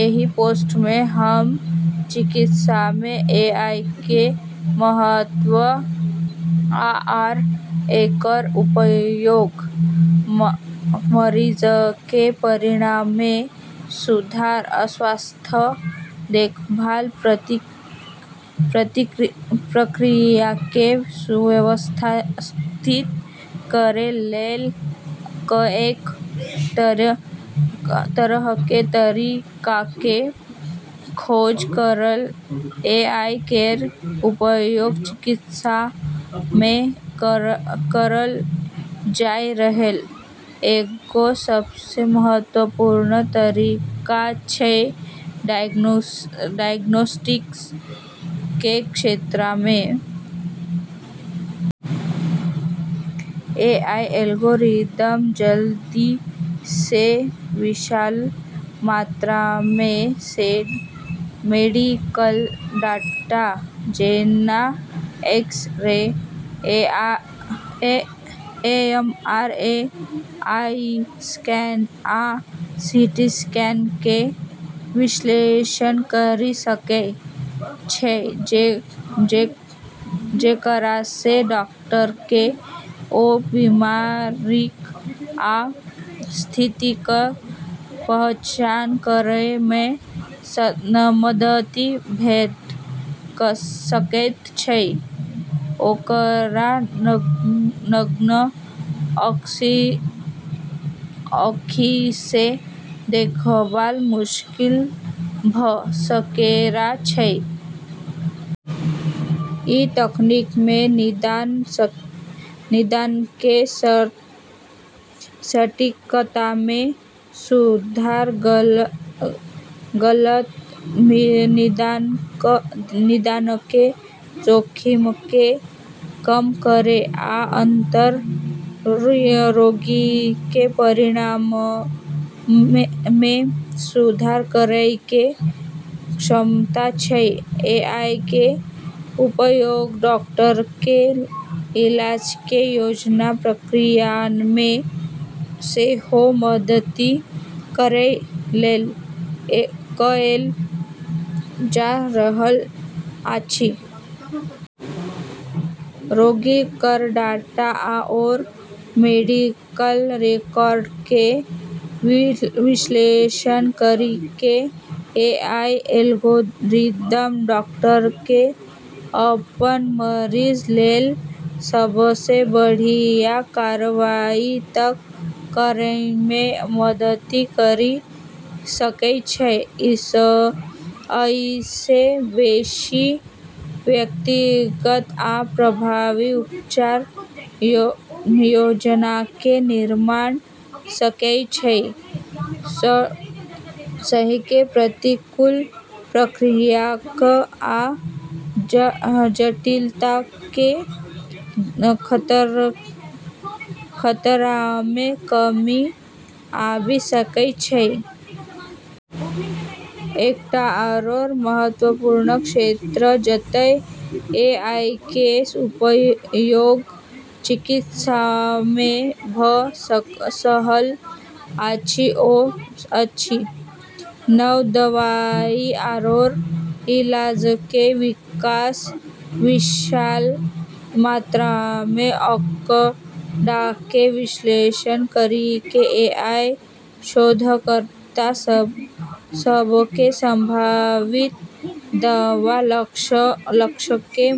एहि पोस्टमे हम चिकित्सामे एआईके महत्व आओर एकर उपयोग मरीजके परिणाममे सुधार आ स्वास्थ्य देखभाल प्रक्रियाके सुव्यवस्थित करै लेल कएक तरहके तरीकाके खोज करब । एआई केर उपयोग चिकित्सामे करल जाइ रहल एगो सबसँ महत्वपूर्ण तरीका छै, डायग्नोस्टिक्स के क्षेत्रमे । एआई एल्गोरिदम जल्दीसँ विशाल मात्रामे मेडिकल डाटा, जेना एक्स-रे, एमआरआई स्कैन, आ सीटी स्कैनके विश्लेषण करि सकै छै, जेकरासँ डॉक्टरके ओ बीमारिक आ स्थितिक पहचान करैमे मदति भेट सकैत छै जेकरा नग्न आँखिसँ देखनाइ मुश्किल भ' सकय छै । ई तकनीकमे निदानके सटीकतामे सुधार, गलत निदानके जोखिमके कम करै आ अंततः रोगीके परिणाममे सुधार करैके क्षमता छै । एआईके उपयोग डॉक्टरके इलाजके योजना प्रक्रियामे सेहो मदति करै लेल कएल जा रहल अछि । रोगी केर डाटा आओर मेडिकल रिकॉर्डके विश्लेषण करिके एआई एल्गोरिदम डॉक्टरके अपन मरीज लेल सबसँ बढ़ियाँ कार्रवाई तय करैमे मदति करि सकै छै। अइसँ बेशी व्यक्तिगत आ प्रभावी उपचार योजनाके निर्माण भ' सकै छै, सङ्गहेँ प्रतिकूल प्रतिक्रियाक आ जटिलताके खतरामे कमी आबि सकै छै । एकटा आओर महत्वपूर्ण क्षेत्र जतय एआईके उपयोग चिकित्सामे भ' रहल अछि ओ अछि नव दवाइ आओर इलाजके विकास । विशाल मात्रामे आँकड़ाके विश्लेषण करिके एआई शोधकर्ता सबके संभावित दवा लक्ष्यके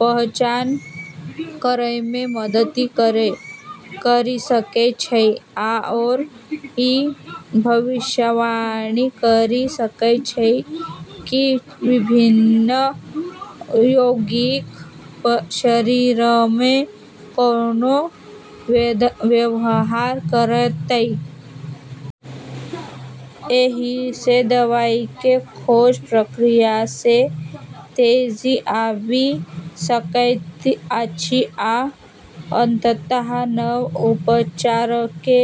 पहचान करैमे मदति करि सकै छै आओर ई भविष्यवाणी करि सकै छै कि विभिन्न यौगिक शरीरमे केना व्यवहार करतै। एहिसँ दवाइके खोज प्रक्रियामे तेजी आबि सकैत अछि आ अंततः नव उपचारके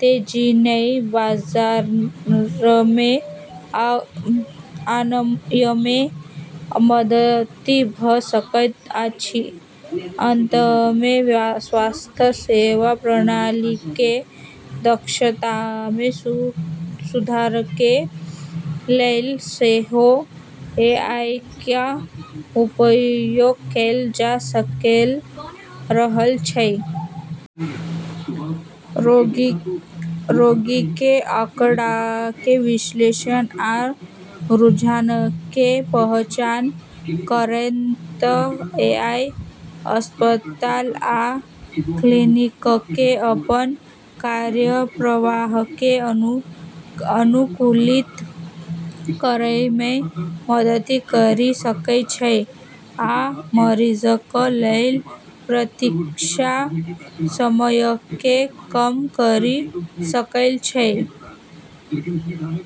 तेजीसँ बाजारमे आनयमे मदति भ' सकैत अछि । अंतमे स्वास्थ्य सेवा प्रणालीके दक्षतामे सुधारके लेल सेहो एआईके उपयोग कैल जा रहल छै । रोगीके आँकड़ाके विश्लेषण आ रुझानके पहचान करैत, एआई अस्पताल आ क्लिनिकके अपन कार्यप्रवाहके अनुकूलित करैमे मदति करि सकै छै आ मरीजक लेल प्रतीक्षा समयके कम करि सकै छै ।